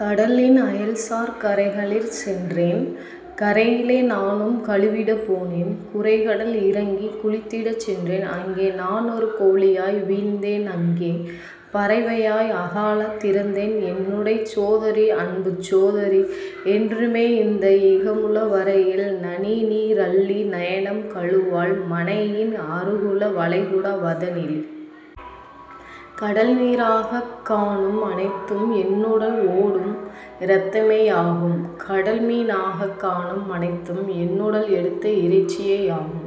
கடலின் அயல்சார் கரைகளிற் சென்றேன். கரையிலே நானும் கழுவிடப் போனேன் குரைகடல் இறங்கிக் குளித்திடச் சென்றேன் அங்கே நானொரு கோழியாய் வீழ்ந்தேன் அங்கே பறவையாய் அகாலத் திறந்தேன் என்னுடைச் சோதரி அன்புச் சோதரி என்றுமே இந்த இகமுள வரையில் நனிநீ ரள்ளி நயனம் கழுவாள் மனையின் அருகுள வளைகுடா வதனில். கடல் நீராகக் காணும் அனைத்தும் என்னுடல் ஓடும் இரத்தமேயாகும் கடல் மீனாகக் காணும் அனைத்தும் என்னுடல் எடுத்த இறைச்சியேயாகும்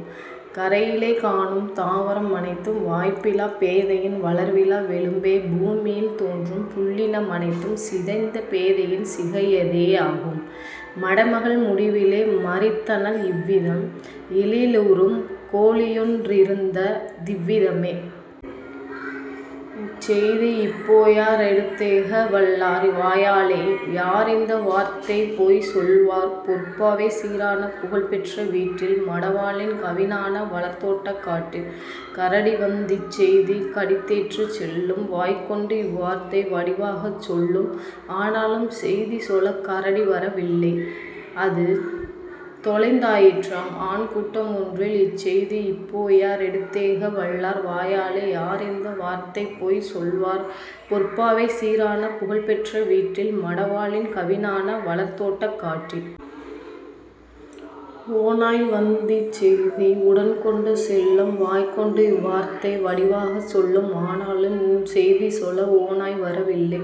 கரையிலே காணும் தாவர மனைத்தும் வாய்ப்பிலாப் பேதையின் வளர்விலா வெலும்பே பூமியில் தோன்றும் புல்லின மனைத்தும் சிதைந்த பேதையின் சிகையதே யாகும். " மடமகள் முடிவிலே மரித்தனள் இவ்விதம் எழிலுறும் கோழியொன் றிறந்ததிவ் விதமே. இச்செய்தி யிப்போயா ரெடுத்தேக வல்லார் வாயாலே யாரிந்த வார்த்தைபோய்ச் சொல்வார் பொற்பாவை சீரான புகழ்பெற்ற வீட்டில் மடவாளின் கவினான வளர்தோட்டக் காட்டில்? கரடிவந் திச்செய்தி கடிதேற்றுச் செல்லும் வாய்கொண்டு இவ்வார்த்தை வடிவாகச் சொல்லும் ஆனாலும் செய்திசொலக் கரடிவர வில்லை அதுதொலைந் தாயிற்றாம் ஆன்கூட்ட மொன்றில். இச்செய்தி யிப்போயா ரெடுத்தேக வல்லார் வாயாலே யாரிந்த வார்த்தைபோய்ச் சொல்வார் பொற்பாவை சீரான புகழ்பெற்ற வீட்டில் மடவாளின் கவினான வளர்தோட்டக் காட்டில்? ஓநாய்வந் திச்செய்தி உடன்கொண்டு செல்லும் வாய்கொண்டு இவ்வார்த்தை வடிவாகச் சொல்லும் ஆனாலும் செய்திசொல ஓநாய்வர வில்லை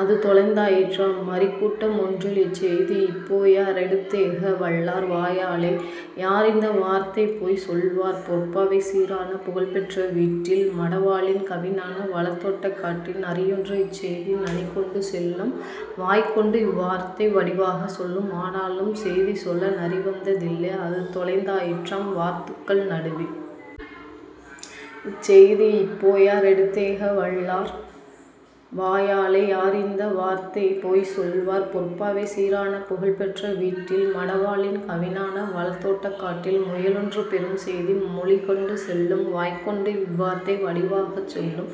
அதுதொலைந் தாயிற்றாம் மறிக்கூட்ட மொன்றில். இச்செய்தி யிப்போயா ரெடுத்தேக வல்லார் வாயாலே யாரிந்த வார்த்தைபோய்ச் சொல்வார் பொற்பாவை சீரான புகழ்பெற்ற வீட்டில் மடவாளின் கவினான வளர்தோட்டக் காட்டில்? நரியொன்று இச்செய்தி நனிகொண்டு செல்லும் வாய்கொண்டு இவ்வார்த்தை வடிவாகச் சொல்லும் ஆனாலும் செய்திசொல நரிவந்த தில்லை அதுதொலைந் தாயிற்றாம் வாத்துக்கள் நடுவில். இச்செய்தி யிப்போயா ரெடுத்தேக வல்லார் வாயாலே யாரிந்த வார்த்தைபோய்ச் சொல்வார் பொற்பாவை சீரான புகழ்பெற்ற வீட்டில் மடவாளின் கவினான வளர்தோட்டக் காட்டில்? முயலொன்று பெறும்செய்தி மொழிகொண்டு செல்லும் வாய்கொண்டு இவ்வார்த்தை வடிவாகச் சொல்லும்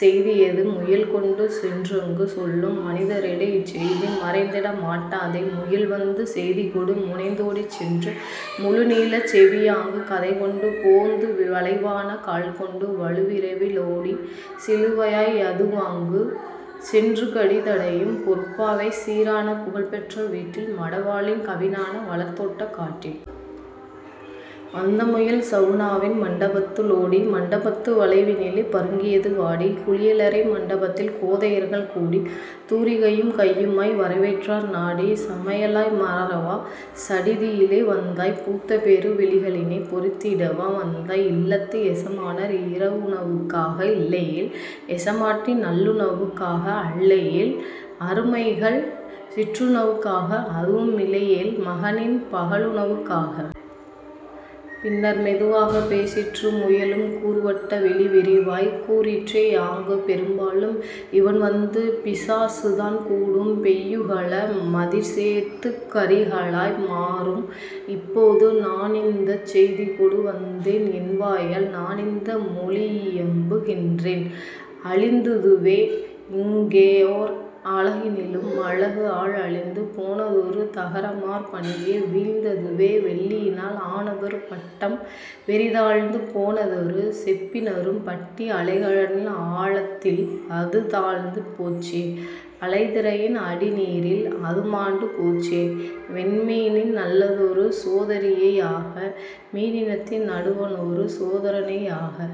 செய்தியது முயல்கொண்டு சென்றங்கு சொல்லும்: "மனிதரிடை இச்செய்தி மறைந்திட மாட்டாதே. " முயல்வந்து செய்திகொடு முனைந்தோடிச் சென்று 'முழுநீளச் செவி' யாங்கு கதைகொண்டு போந்து வளைவான கால்கொண்டு வலுவிரைவி லோடி 'சிலுவைவாய்' யதுவாங்கு சென்றுகடி தடையும் பொற்பாவை சீரான புகழ்பெற்ற வீட்டில் மடவாளின் கவினான வளர்தோட்டக் காட்டில். வந்தமுயல் சவுனாவின் மண்டபத்து ளோடி மண்டபத்து வளைவினிலே பருங்கியது வாடி. குளியலறை மண்டபத்தில் கோதையர்கள் கூடி தூரிகையும் கையுமாய் வரவேற்றார் நாடி: "சமையலாய் மாறவா சடிதியிலே வந்தாய் பூத்தபெரு விழிகளினைப் பொரித்திடவா வந்தாய் இல்லத்து எசமானர் இரவுணவுக்காக இல்லையேல் எசமாட்டி நல்லுணவுக்காக அல்லையேல் அருமைமகள் சிற்றுணவுக்காக அதுவுமிலையேல் மகனின் பகலுணவுக் காக? " பின்னர் மெதுவாகப் பேசிற்று முயலும் கூர் 'வட்ட விழி' விரிவாய்க் கூறிற்றே யாங்கு: "பெரும்பாலும் இவண்வந்து பிசாசுதான் கூடும் பெய்யுகல மதிற்சேர்ந்து கறிகளாய் மாறும்; இப்போது நானிந்தச் செய்திகொடு வந்தேன் என்வாயால் நானிந்த மொழியியம்பு கின்றேன். அழிந்ததுவே இங்கே ஓர் அழகினிலும் அழகு ஆ, அழிந்து போனதொரு தகரமார் பணியே வீழ்ந்ததுவே வெள்ளியினால் ஆனதொரு பட்டம் வெறிதாழ்ந்து போனதொரு செப்பினரும் பட்டி அலைகடலின் ஆழத்தில் அதுதாழ்ந்து போச்சே அலைதிரையின் அடிநீரில் அதுமாண்டு போச்சே வெண்மீனின் நல்லதொரு சோதரியே யாக மீனினத்தின் நடுவணொரு சோதரனே யாக.